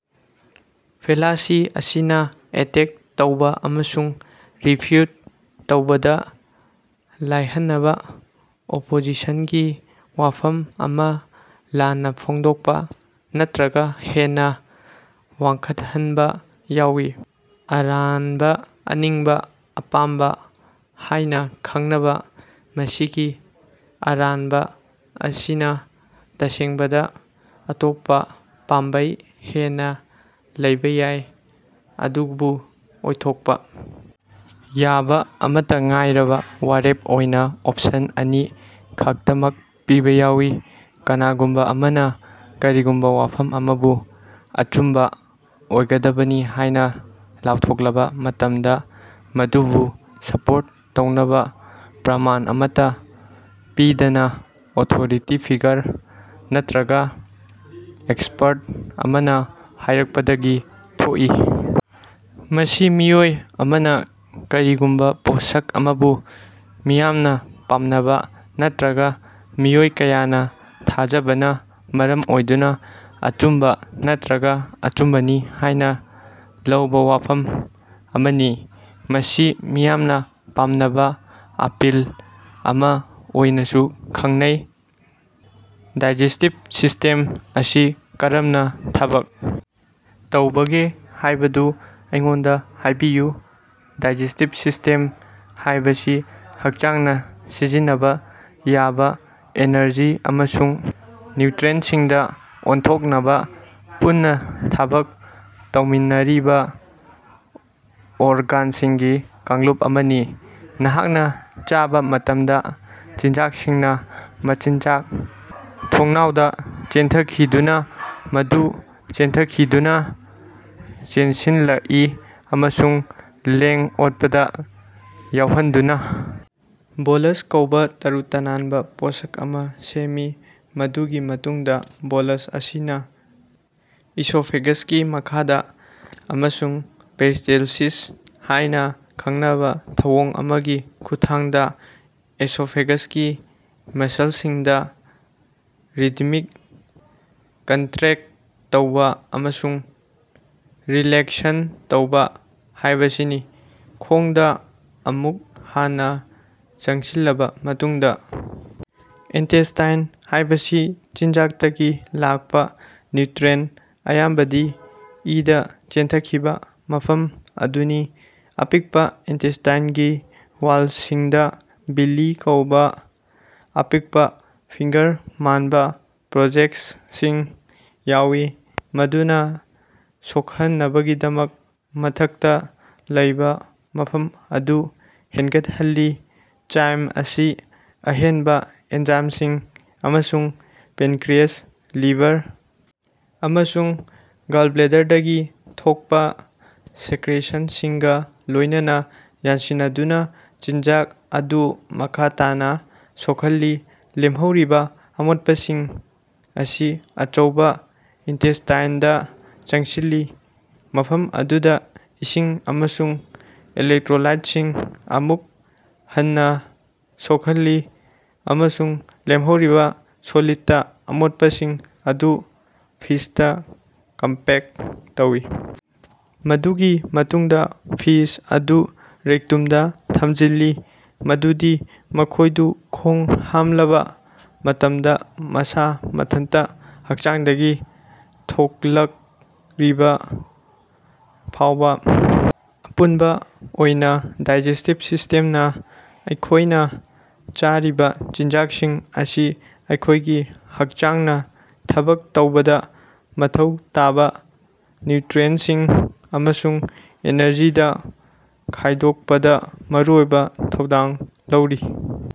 Fallacy ꯑꯁꯤꯅꯥ attack ꯇꯧꯕ ꯑꯃꯁꯨꯡ ꯔꯤꯐ꯭ꯌꯨꯠ ꯇꯧꯕꯗꯥ ꯂꯥꯏꯍꯟꯅꯕꯥ ꯑꯣꯄꯣꯖꯤꯁꯟꯒꯤ ꯋꯥꯐꯝ ꯑꯃꯥ ꯂꯥꯟꯅꯥ ꯐꯣꯡꯗꯣꯛꯄꯥ ꯅꯠꯇ꯭ꯔꯒꯥ ꯍꯦꯟꯅ ꯋꯥꯡꯈꯠꯍꯟꯕꯥ ꯌꯥꯎꯏ꯫ ꯑꯔꯥꯟꯕꯥ ꯑꯅꯤꯡꯕ ꯑꯄꯥꯝꯕ ꯍꯥꯏꯅ ꯈꯪꯅꯕꯥ, ꯃꯁꯤꯒꯤ ꯑꯔꯥꯟꯕꯥ ꯑꯁꯤꯅꯥ ꯇꯁꯦꯡꯕꯗ ꯑꯇꯣꯞꯄ ꯄꯥꯝꯕꯩ ꯍꯦꯟꯅ ꯂꯩꯕ ꯌꯥꯏ, ꯑꯗꯨꯕꯨ ꯑꯣꯏꯊꯣꯛꯄ ꯌꯥꯕ ꯑꯃꯠꯇꯥ ꯉꯥꯏꯔꯕ ꯋꯥꯔꯦꯞ ꯑꯣꯏꯅ ꯑꯣꯞꯁꯟ ꯑꯅꯤ ꯈꯛꯇꯃꯛ ꯄꯤꯕ ꯌꯥꯎꯏ꯫ ꯀꯅꯥꯒꯨꯝꯕꯥ ꯑꯃꯅꯥ ꯀꯔꯤꯒꯨꯝꯕꯥ ꯋꯥꯐꯝ ꯑꯃꯥꯕꯨ ꯑꯆꯨꯝꯕꯥ ꯑꯣꯏꯒꯗꯕꯅꯤ ꯍꯥꯏꯅ ꯂꯥꯎꯊꯣꯛꯂꯕꯥ ꯃꯇꯝꯗꯥ, ꯃꯗꯨꯕꯨ ꯁꯄꯣꯔꯠ ꯇꯧꯅꯕꯥ ꯄ꯭ꯔꯃꯥꯟ ꯑꯃꯠꯇꯥ ꯄꯤꯗꯅꯥ, ꯑꯣꯊꯣꯔꯤꯇꯤ ꯐꯤꯒꯔ ꯅꯠꯇ꯭ꯔꯒꯥ ꯑꯦꯛꯁꯄ꯭ꯔꯠ ꯑꯃꯅꯥ ꯍꯥꯏꯔꯛꯄꯗꯒꯤ ꯊꯣꯛꯏ꯫ ꯃꯁꯤ ꯃꯤꯑꯣꯏ ꯑꯃꯅꯥ ꯀꯔꯤꯒꯨꯝꯕꯥ ꯄꯣꯠꯁꯛ ꯑꯃꯕꯨ ꯃꯤꯌꯥꯝꯅꯥ ꯄꯥꯝꯅꯕꯥ ꯅꯠꯇ꯭ꯔꯒꯥ ꯃꯤꯑꯣꯏ ꯀꯌꯥꯅꯥ ꯊꯥꯖꯕꯅꯥ ꯃꯔꯝ ꯑꯣꯏꯗꯨꯅꯥ ꯑꯆꯨꯝꯕꯥ ꯅꯠꯇ꯭ꯔꯒ ꯑꯆꯨꯝꯕꯅꯤ ꯍꯥꯏꯅꯥ ꯂꯧꯕ ꯋꯥꯐꯝ ꯑꯃꯅꯤ꯫ ꯃꯁꯤ ꯃꯤꯌꯥꯝꯅꯥ ꯄꯥꯝꯅꯕꯥ ꯑꯄꯤꯜ ꯑꯃꯥ ꯑꯣꯏꯅꯥꯁꯨ ꯈꯪꯅꯩ꯫ ꯗꯥꯏꯖꯦꯁ꯭ꯇꯤꯚ ꯁꯤꯁ꯭ꯇꯦꯝ ꯑꯁꯤ ꯀꯔꯝꯅꯥ ꯊꯕꯛ ꯇꯧꯕꯒꯦ ꯍꯥꯏꯕꯗꯨ ꯑꯩꯉꯣꯟꯗꯥ ꯍꯥꯏꯕꯤꯌꯨ꯫ ꯗꯥꯏꯖꯦꯁ꯭ꯇꯤꯚ ꯁꯤꯁ꯭ꯇꯦꯝ ꯍꯥꯏꯕꯁꯤ ꯍꯛꯆꯥꯡꯅꯥ ꯁꯤꯖꯤꯟꯅꯕꯥ ꯌꯥꯕꯥ ꯑꯦꯅꯔꯖꯤ ꯑꯃꯁꯨꯡ ꯅ꯭ꯌꯨꯇ꯭ꯔꯤꯑꯦꯟꯇꯁꯤꯡꯗꯥ ꯑꯣꯟꯊꯣꯛꯅꯕꯥ ꯄꯨꯟꯅꯥ ꯊꯕꯛ ꯇꯧꯃꯤꯟꯅꯔꯤꯕꯥ ꯑꯣꯔꯒꯥꯟꯁꯤꯡꯒꯤ ꯀꯥꯡꯂꯨꯞ ꯑꯃꯅꯤ꯫ ꯅꯍꯥꯛꯅꯥ ꯆꯥꯕꯥ ꯃꯇꯝꯗꯥ, ꯆꯤꯟꯖꯥꯛꯁꯤꯡꯅꯥ ꯃꯆꯤꯟꯖꯥꯛ ꯊꯣꯡꯅꯥꯎꯗꯥ ꯆꯦꯟꯊꯈꯤꯗꯨꯅꯥ ꯃꯗꯨ ꯆꯦꯟꯊꯈꯤꯗꯨꯅꯥ ꯆꯦꯟꯁꯤꯜꯂꯛꯏ ꯑꯃꯁꯨꯡ ꯂꯦꯡ-ꯑꯣꯠꯄꯗꯥ ꯌꯥꯎꯍꯟꯗꯨꯅꯥ ꯕꯣꯂꯁ ꯀꯧꯕ ꯇꯔꯨ-ꯇꯥꯟꯅꯕꯥ ꯄꯣꯠꯁꯛ ꯑꯃꯥ ꯁꯦꯝꯃꯤ꯫ ꯃꯗꯨꯒꯤ ꯃꯇꯨꯡꯗꯥ ꯕꯣꯂꯁ ꯑꯁꯤꯅꯥ ꯏꯁꯣꯐꯦꯒꯁꯀꯤ ꯃꯈꯥꯗꯥ ꯑꯃꯁꯨꯡ ꯄꯦꯔꯤꯁ꯭ꯇꯦꯂꯁꯤꯁ ꯍꯥꯏꯅꯥ ꯈꯪꯅꯕꯥ ꯊꯧꯑꯣꯡ ꯑꯃꯒꯤ ꯈꯨꯠꯊꯥꯡꯗꯥ ꯏꯁꯣꯐꯦꯒꯁꯀꯤ ꯃꯁꯜꯁꯤꯡꯗꯥ ꯔꯤꯗꯤꯃꯤꯛ ꯀꯟꯠꯔꯦꯛꯇ ꯇꯧꯕꯥ ꯑꯃꯁꯨꯡ ꯔꯤꯂꯦꯛꯁꯟ ꯇꯧꯕꯥ ꯍꯥꯏꯕꯁꯤꯅꯤ꯫ ꯈꯣꯡꯗꯥ ꯑꯃꯨꯛ ꯍꯥꯟꯅꯥ ꯆꯪꯁꯤꯜꯂꯕꯥ ꯃꯇꯨꯡꯗꯥ, ꯏꯟꯇꯦꯁ꯭ꯇꯥꯏꯟ ꯍꯥꯏꯕꯁꯤ ꯆꯤꯟꯖꯥꯛꯇꯒꯤ ꯂꯥꯛꯄꯥ ꯅ꯭ꯌꯨꯠꯔꯤꯑꯦꯟꯇ ꯑꯌꯥꯝꯕꯗꯤ ꯏꯗꯥ ꯆꯦꯟꯊꯈꯤꯕꯥ ꯃꯐꯝ ꯑꯗꯨꯅꯤ꯫ ꯑꯄꯤꯛꯄꯥ ꯏꯟꯇꯦꯁ꯭ꯇꯥꯏꯅꯒꯤ ꯋꯥꯂꯁꯤꯡꯗꯥ ꯚꯤꯂꯤ ꯀꯧꯕꯥ ꯑꯄꯤꯛꯄꯥ ꯐꯤꯉ꯭ꯒꯔ-ꯃꯥꯟꯅꯕꯥ ꯄ꯭ꯔꯣꯖꯦꯛꯁꯁꯤꯡ ꯌꯥꯎꯏ, ꯃꯗꯨꯅꯥ ꯁꯣꯛꯍꯟꯅꯕꯒꯤꯗꯃꯛ ꯃꯊꯛꯇꯥ ꯂꯩꯕꯥ ꯃꯐꯝ ꯑꯗꯨ ꯍꯦꯟꯒꯠꯍꯜꯂꯤ꯫ ꯆꯥꯏꯝ ꯑꯁꯤ ꯑꯍꯦꯟꯕꯥ ꯑꯦꯅꯖꯥꯏꯝꯁꯤꯡ ꯑꯃꯁꯨꯡ ꯄꯦꯟꯀꯔꯤꯑꯦꯖ, ꯂꯤꯚꯔ ꯑꯃꯁꯨꯡ ꯒꯥꯂꯕ꯭ꯂꯦꯗꯔꯗꯒꯤ ꯊꯣꯛꯄꯥ ꯁꯦꯛꯔꯦꯁꯟꯁꯤꯡꯒꯥ ꯂꯣꯏꯅꯅꯥ ꯌꯥꯟꯁꯤꯟꯅꯗꯨꯅꯥ ꯆꯤꯟꯖꯥꯛ ꯑꯗꯨ ꯃꯈꯥ ꯇꯥꯅꯥ ꯁꯣꯛꯍꯜꯂꯤ꯫ ꯂꯦꯝꯍꯧꯔꯤꯕꯥ ꯑꯃꯣꯠꯄꯁꯤꯡ ꯑꯁꯤ ꯑꯆꯧꯕꯥ ꯏꯟꯇꯦꯁ꯭ꯇꯥꯏꯅꯗꯥ ꯆꯪꯁꯤꯜꯂꯤ, ꯃꯐꯝ ꯑꯗꯨꯗꯥ ꯏꯁꯤꯡ ꯑꯃꯁꯨꯡ ꯏꯂꯦꯛꯇ꯭ꯔꯣꯂꯥꯏꯠꯁꯤꯡ ꯑꯃꯨꯛ ꯍꯟꯅꯥ ꯁꯣꯛꯍꯜꯂꯤ, ꯑꯃꯁꯨꯡ ꯂꯦꯝꯍꯧꯔꯤꯕꯥ ꯁꯣꯂꯤꯠꯇ ꯑꯃꯣꯠꯄꯁꯤꯡ ꯑꯗꯨ ꯐꯤꯁꯇꯥ ꯀꯝꯄꯦꯛꯇ ꯇꯧꯏ꯫ ꯃꯗꯨꯒꯤ ꯃꯇꯨꯡꯗꯥ ꯐꯤꯁ ꯑꯗꯨ ꯔꯦꯛꯇꯨꯝꯗꯥ ꯊꯝꯖꯤꯜꯂꯤ ꯃꯗꯨꯗꯤ ꯃꯈꯣꯏꯗꯨ ꯈꯣꯡ ꯍꯥꯝꯂꯕꯥ ꯃꯇꯝꯗꯥ ꯃꯁꯥ ꯃꯊꯟꯇꯥ ꯍꯛꯆꯥꯡꯗꯒꯤ ꯊꯣꯛꯂꯛꯔꯤꯕ ꯐꯥꯎꯕꯥ꯫ ꯑꯄꯨꯟꯕꯥ ꯑꯣꯏꯅ, ꯗꯥꯏꯖꯦꯁ꯭ꯇꯤꯚ ꯁꯤꯁ꯭ꯇꯦꯝꯅꯥ ꯑꯩꯈꯣꯏꯅꯥ ꯆꯥꯔꯤꯕꯥ ꯆꯤꯟꯖꯥꯛꯁꯤꯡ ꯑꯁꯤ ꯑꯩꯈꯣꯏꯒꯤ ꯍꯛꯆꯥꯡꯅꯥ ꯊꯕꯛ ꯇꯧꯕꯗꯥ ꯃꯊꯧ ꯇꯥꯕꯥ ꯅ꯭ꯌꯨꯇ꯭ꯔꯤꯑꯦꯟꯇꯁꯤꯡ ꯑꯃꯁꯨꯡ ꯑꯦꯅꯔꯖꯤꯗꯥ ꯈꯥꯏꯗꯣꯛꯄꯗꯥ ꯃꯔꯨꯑꯣꯏꯕꯥ ꯊꯧꯗꯥꯡ ꯂꯧꯔꯤ꯫